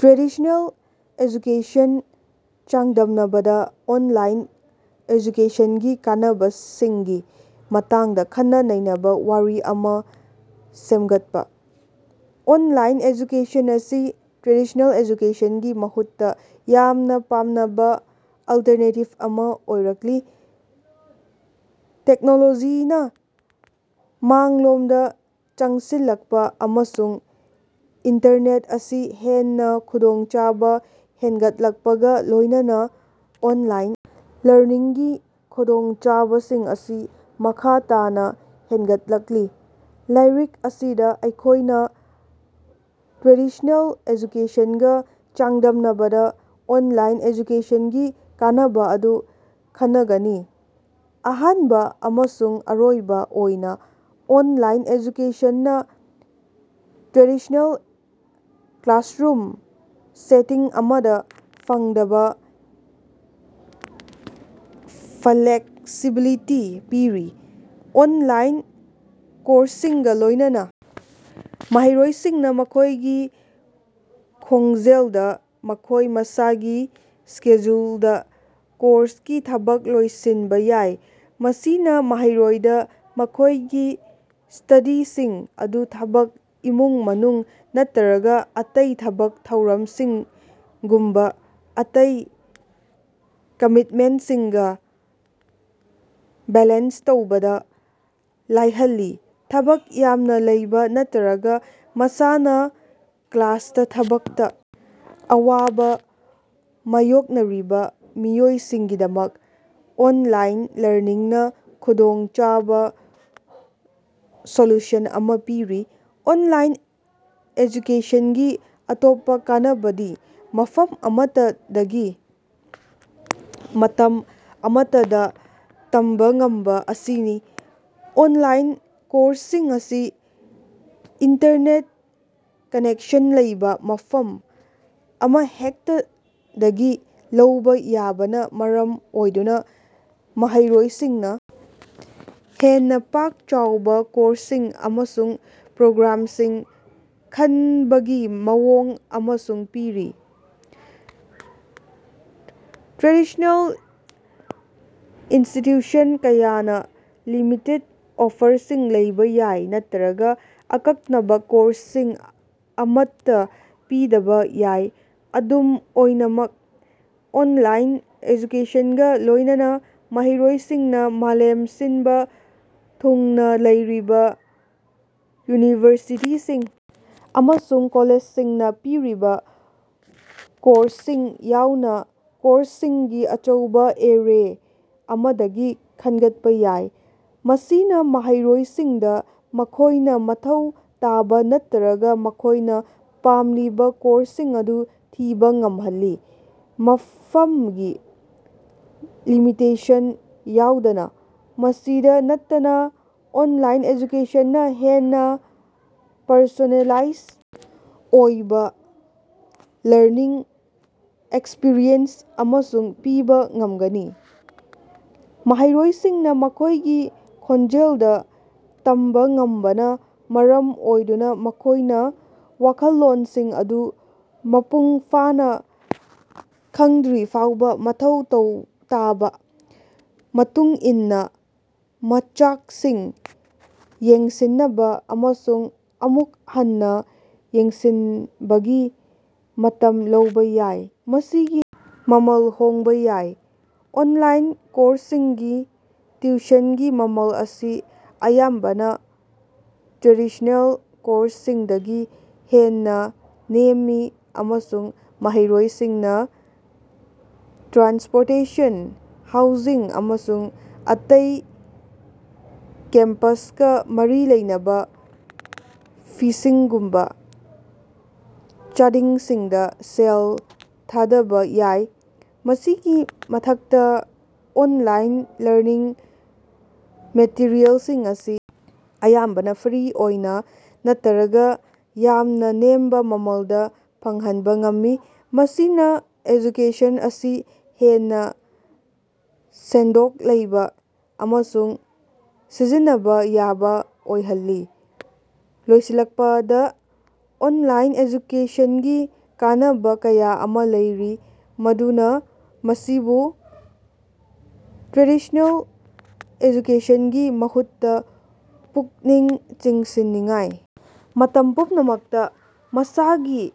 Traditional ꯑꯦꯖꯨꯀꯦꯁꯟꯒ ꯆꯥꯡꯗꯝꯅꯕꯗ online ꯑꯦꯖꯨꯀꯦꯁꯟꯒꯤ ꯀꯥꯟꯅꯕꯁꯤꯡꯒꯤ ꯃꯇꯥꯡꯗ ꯈꯟꯅ-ꯅꯩꯅꯕꯥ ꯋꯥꯔꯤ ꯑꯃ ꯁꯦꯝꯒꯠꯄꯥ꯫ ꯑꯣꯟꯂꯥꯏꯟ ꯑꯦꯖꯨꯀꯦꯁꯟ ꯑꯁꯤ ꯇ꯭ꯔꯦꯗꯤꯁꯅꯦꯜ ꯑꯦꯖꯨꯀꯦꯁꯟꯒꯤ ꯃꯍꯨꯠꯇ ꯃꯤꯌꯥꯝꯅ ꯄꯥꯝꯅꯕ ꯑꯜꯇꯔꯅꯦꯇꯤꯕ ꯑꯃ ꯑꯣꯏꯔꯛꯂꯤ꯫ ꯇꯦꯛꯅꯣꯂꯣꯖꯤꯅ ꯃꯥꯡꯂꯣꯝꯗ ꯆꯪꯁꯤꯜꯂꯛꯄꯥ ꯑꯃꯁꯨꯡ ꯏꯟꯇꯔꯅꯦꯠ ꯑꯁꯤ ꯍꯦꯟꯅ ꯈꯨꯗꯣꯡꯆꯥꯕ ꯍꯦꯟꯒꯠꯂꯛꯄꯒꯥ ꯂꯣꯏꯅꯅ ꯑꯣꯟꯂꯥꯏꯟ ꯂꯔꯅꯤꯡꯒꯤ ꯈꯨꯗꯣꯡꯆꯥꯕꯁꯤꯡ ꯑꯁꯤ ꯃꯈꯥ ꯇꯥꯅꯥ ꯍꯦꯟꯒꯠꯂꯛꯂꯤ꯫ ꯂꯥꯏꯔꯤꯛ ꯑꯁꯤꯗ ꯑꯩꯈꯣꯏꯅ ꯇ꯭ꯔꯦꯗꯤꯁꯅꯦꯜ ꯑꯦꯖꯨꯀꯦꯁꯟꯒꯥ ꯆꯥꯡꯗꯝꯅꯕꯗ ꯑꯣꯟꯂꯥꯏꯟ ꯑꯦꯖꯨꯀꯦꯁꯟꯒꯤ ꯀꯥꯟꯅꯕ ꯑꯗꯨ ꯈꯟꯅꯒꯅꯤ꯫ ꯑꯍꯥꯟꯕ ꯑꯃꯁꯨꯡ ꯑꯔꯣꯏꯕ ꯑꯣꯏꯅ, ꯑꯣꯟꯂꯥꯏꯟ ꯑꯦꯖꯨꯀꯦꯁꯟꯅꯥ ꯇ꯭ꯔꯦꯗꯤꯁꯅꯦꯜ ꯀ꯭ꯂꯥꯁꯔꯨꯝ ꯁꯦꯇꯤꯡ ꯑꯃꯗ ꯐꯪꯗꯕ ꯐ꯭ꯂꯦꯛꯁꯤꯕꯤꯂꯤꯇꯤ ꯄꯤꯔꯤ꯫ ꯑꯣꯟꯂꯥꯏꯟ ꯀꯣꯔꯁꯁꯤꯡꯒ ꯂꯣꯏꯅꯅ ꯃꯍꯩꯔꯣꯏꯁꯤꯡꯅꯥ ꯃꯈꯣꯏꯒꯤ ꯈꯣꯡꯖꯦꯜꯗꯥ, ꯃꯈꯣꯏ ꯃꯁꯥꯒꯤ ꯁꯦꯗ꯭ꯌꯨꯜꯗꯥ ꯀꯣꯔꯁꯀꯤ ꯊꯕꯛ ꯂꯣꯏꯁꯤꯟꯕ ꯌꯥꯏ꯫ ꯃꯁꯤꯅꯥ ꯃꯍꯩꯔꯣꯏꯗꯥ ꯃꯈꯣꯏꯒꯤ ꯁ꯭ꯇꯗꯤꯁꯤꯡ ꯑꯗꯨ ꯊꯕꯛ, ꯏꯃꯨꯡ-ꯃꯅꯨꯡ ꯅꯠꯇ꯭ꯔꯒꯥ ꯑꯇꯩ ꯊꯕꯛ ꯊꯧꯔꯝꯁꯤꯡꯒꯨꯝꯕꯥ ꯑꯇꯩ ꯀꯃꯤꯠꯃꯦꯟꯁꯤꯡꯒꯥ ꯕꯦꯂꯦꯟꯁ ꯇꯧꯕꯗꯥ ꯂꯥꯏꯍꯜꯂꯤ꯫ ꯊꯕꯛ ꯌꯥꯝꯅꯥ ꯂꯩꯕꯥ ꯅꯠꯇ꯭ꯔꯒꯥ ꯃꯁꯥꯅꯥ ꯀ꯭ꯂꯥꯁꯇꯥ ꯊꯕꯛꯇ ꯑꯋꯥꯕꯥ ꯃꯥꯌꯣꯛꯅꯔꯤꯕꯥ ꯃꯤꯑꯣꯏꯁꯤꯡꯒꯤꯗꯃꯛ ꯑꯣꯟꯂꯥꯏꯟ ꯂꯔꯅꯤꯡꯅꯥ ꯈꯨꯗꯣꯡꯆꯥꯕ ꯁꯣꯂꯨꯁꯟ ꯑꯃ ꯄꯤꯔꯤ꯫ ꯑꯣꯟꯂꯥꯏꯟ ꯑꯦꯖꯨꯀꯦꯁꯟꯒꯤ ꯑꯇꯣꯞꯄꯥ ꯀꯥꯟꯅꯕꯗꯤ ꯃꯐꯝ ꯑꯃꯠꯇꯗꯒꯤ, ꯃꯇꯝ ꯑꯃꯠꯇꯗꯥ ꯇꯝꯕꯥ ꯉꯝꯕꯥ ꯑꯁꯤꯅꯤ꯫ ꯑꯣꯟꯂꯥꯏꯟ ꯀꯣꯔꯁꯁꯤꯡ ꯑꯁꯤ ꯏꯟꯇꯔꯅꯦꯠ ꯀꯅꯦꯛꯁꯟ ꯂꯩꯕꯥ ꯃꯐꯝ ꯑꯃꯍꯦꯛꯇꯗꯒꯤ ꯂꯧꯕꯥ ꯌꯥꯕꯅꯥ ꯃꯔꯝ ꯑꯣꯏꯗꯨꯅꯥ ꯃꯍꯩꯔꯣꯏꯁꯤꯡꯅꯥ ꯍꯦꯟꯅꯥ ꯄꯥꯛ-ꯆꯥꯎꯕꯥ ꯀꯣꯔꯁꯁꯤꯡ ꯑꯃꯁꯨꯡ ꯄ꯭ꯔꯣꯒ꯭ꯔꯥꯝꯁꯤꯡ ꯈꯟꯕꯒꯤ ꯃꯑꯣꯡ ꯑꯃꯁꯨ ꯄꯤꯔꯤ꯫ ꯇ꯭ꯔꯦꯗꯤꯁꯅꯦꯜ ꯏꯟꯁꯇꯤꯇ꯭ꯌꯨꯁꯟ ꯀꯌꯥꯅ ꯂꯤꯃꯤꯇꯦꯠ ꯑꯣꯐꯔꯁꯤꯡ ꯂꯩꯕꯥ ꯌꯥꯏ ꯅꯠꯇ꯭ꯔꯒꯥ ꯑꯀꯛꯅꯕꯥ ꯀꯣꯔꯁꯁꯤꯡ ꯑꯃꯠꯇꯥ ꯄꯤꯗꯕꯥ ꯌꯥꯏ꯫ ꯑꯗꯨꯝ ꯑꯣꯏꯅꯃꯛ, ꯑꯣꯟꯂꯥꯏꯟ ꯑꯦꯖꯨꯀꯦꯁꯟꯒ ꯂꯣꯏꯅꯅ ꯃꯍꯩꯔꯣꯏꯁꯤꯡꯅꯥ ꯃꯥꯂꯦꯝ ꯁꯤꯟꯕ ꯊꯨꯡꯅꯥ ꯂꯩꯔꯤꯕ ꯌꯨꯅꯤꯚꯔꯁꯤꯇꯤꯁꯤꯡ ꯑꯃꯁꯨꯡ ꯀꯣꯂꯦꯖꯁꯤꯡꯅꯥ ꯄꯤꯔꯤꯕꯥ ꯀꯣꯔꯁꯁꯤꯡ ꯌꯥꯎꯅ ꯀꯣꯔꯁꯁꯤꯡꯒꯤ ꯑꯆꯧꯕꯥ ꯑꯦꯔꯦ ꯑꯃꯗꯒꯤ ꯈꯟꯒꯠꯄꯥ ꯌꯥꯏ꯫ ꯃꯁꯤꯅꯥ ꯃꯍꯩꯔꯣꯏꯁꯤꯡꯗꯥ ꯃꯈꯣꯏꯅꯥ ꯃꯊꯧ ꯇꯥꯕꯥ ꯅꯠꯇ꯭ꯔꯒꯥ ꯃꯈꯣꯏꯅꯥ ꯄꯥꯝꯂꯤꯕꯥ ꯀꯣꯔꯁꯁꯤꯡ ꯑꯗꯨ ꯊꯤꯕꯥ ꯉꯝꯍꯜꯂꯤ, ꯃꯐꯝꯒꯤ ꯂꯤꯃꯤꯇꯦꯁꯟ ꯌꯥꯎꯗꯅ ꯫ ꯃꯁꯤꯗꯥ ꯅꯠꯇꯅꯥ ꯑꯣꯟꯂꯥꯏꯟ ꯑꯦꯖꯨꯀꯦꯁꯟꯅꯥ ꯍꯦꯟꯅꯥ ꯄꯔꯁꯣꯅꯦꯂꯥꯏꯖ ꯑꯣꯏꯕꯥ ꯂꯔꯅꯤꯡ ꯑꯦꯛꯁꯄꯤꯔꯤꯑꯦꯟꯁ ꯑꯃꯁꯨꯡ ꯄꯤꯕꯥ ꯉꯝꯒꯅꯤ꯫ ꯃꯍꯩꯔꯣꯏꯁꯤꯡꯅꯥ ꯃꯈꯣꯏꯒꯤ ꯈꯣꯡꯖꯦꯜꯗꯥ ꯇꯝꯕꯥ ꯉꯝꯕꯅꯥ ꯃꯔꯝ ꯑꯣꯏꯗꯨꯅꯥ ꯃꯈꯣꯏꯅꯥ ꯋꯥꯈꯜꯂꯣꯟꯁꯤꯡ ꯑꯗꯨ ꯃꯄꯨꯡ ꯐꯥꯅꯥ ꯈꯪꯗ꯭ꯔꯤꯐꯥꯎꯕꯥ ꯃꯊꯧ ꯇꯧ ꯇꯥꯕ ꯃꯇꯨꯡ ꯏꯟꯅꯥ ꯃꯆꯥꯛꯁꯤꯡ ꯌꯦꯡꯁꯤꯟꯅꯕꯥ ꯑꯃꯁꯨꯡ ꯑꯃꯨꯛ ꯍꯟꯅꯥ ꯌꯦꯡꯁꯤꯟꯅꯕꯒꯤ ꯃꯇꯝ ꯂꯧꯕꯥ ꯌꯥꯏ꯫ ꯃꯁꯤꯒꯤ ꯃꯃꯜ ꯍꯣꯡꯕꯥ ꯌꯥꯏ꯫ ꯑꯣꯟꯂꯥꯏꯟ ꯀꯣꯔꯁꯁꯤꯡꯒꯤ ꯇꯤꯎꯁꯟꯒꯤ ꯃꯃꯜ ꯑꯁꯤ ꯑꯌꯥꯝꯕꯅꯥ ꯇ꯭ꯔꯦꯗꯤꯁꯅꯦꯜ ꯀꯣꯔꯁꯁꯤꯡꯗꯒꯤ ꯍꯦꯟꯅꯥ ꯅꯦꯝꯃꯤ, ꯑꯃꯁꯨꯡ ꯃꯍꯩꯔꯣꯏꯁꯤꯡꯅꯥ ꯇ꯭ꯔꯥꯟꯁꯄꯣꯔꯇꯦꯁꯟ, ꯍꯥꯎꯖꯤꯡ, ꯑꯃꯁꯨꯡ ꯑꯇꯩ ꯀꯦꯝꯄꯁꯀꯥ ꯃꯔꯤ ꯂꯩꯅꯕꯥ ꯐꯤꯁꯤꯡꯒꯨꯝꯕꯥ ꯆꯥꯗꯤꯡꯁꯤꯡꯗꯥ ꯁꯦꯜ ꯊꯥꯗꯕꯥ ꯌꯥꯏ꯫ ꯃꯁꯤꯒꯤ ꯃꯊꯛꯇꯥ, ꯑꯣꯟꯂꯥꯏꯟ ꯂꯔꯅꯤꯡ ꯃꯦꯇꯔꯤꯑꯦꯜꯁꯤꯡ ꯑꯁꯤ ꯑꯌꯥꯝꯕꯅꯥ ꯐ꯭ꯔꯤ ꯑꯣꯏꯅꯥ ꯅꯠꯇꯔꯒꯥ ꯌꯥꯝꯅꯥ ꯅꯦꯝꯕ ꯃꯃꯜꯗꯥ ꯐꯪꯍꯟꯕ ꯉꯝꯃꯤ, ꯃꯁꯤꯅ ꯑꯦꯖꯨꯀꯦꯁꯟ ꯑꯁꯤ ꯍꯦꯟꯅꯥ ꯁꯦꯟꯗꯣꯛ ꯂꯩꯕꯥ ꯑꯃꯁꯨꯡ ꯁꯤꯖꯤꯟꯅꯕꯥ ꯌꯥꯕꯥ ꯑꯣꯏꯍꯜꯂꯤ꯫ ꯂꯣꯏꯁꯤꯜꯂꯛꯄꯗꯥ, ꯑꯣꯟꯂꯥꯏꯟ ꯑꯦꯖꯨꯀꯦꯁꯟꯒꯤ ꯀꯥꯟꯅꯕ ꯀꯌꯥ ꯑꯃ ꯂꯩꯔꯤ ꯃꯗꯨꯅꯥ ꯃꯁꯤꯕꯨ ꯇ꯭ꯔꯦꯗꯤꯁ꯭ꯅꯦꯜ ꯑꯦꯖꯨꯀꯦꯁꯟꯒꯤ ꯃꯍꯨꯠꯇꯥ ꯄꯨꯛꯅꯤꯡ ꯆꯤꯡꯁꯤꯟꯅꯤꯡꯉꯥꯏ ꯃꯇꯝ ꯄꯨꯝꯅꯃꯛꯇꯥ ꯃꯁꯥꯒꯤ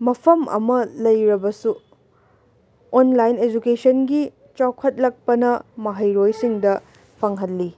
ꯃꯐꯝ ꯑꯃꯥ ꯂꯩꯔꯕꯁꯨ, ꯑꯣꯟꯂꯥꯏꯟ ꯑꯦꯖꯨꯀꯦꯁꯟꯒꯤ ꯆꯥꯎꯈꯠꯂꯛꯄꯅ ꯃꯍꯩꯔꯣꯏꯁꯤꯡꯗ ꯐꯪꯍꯜꯂꯤ꯫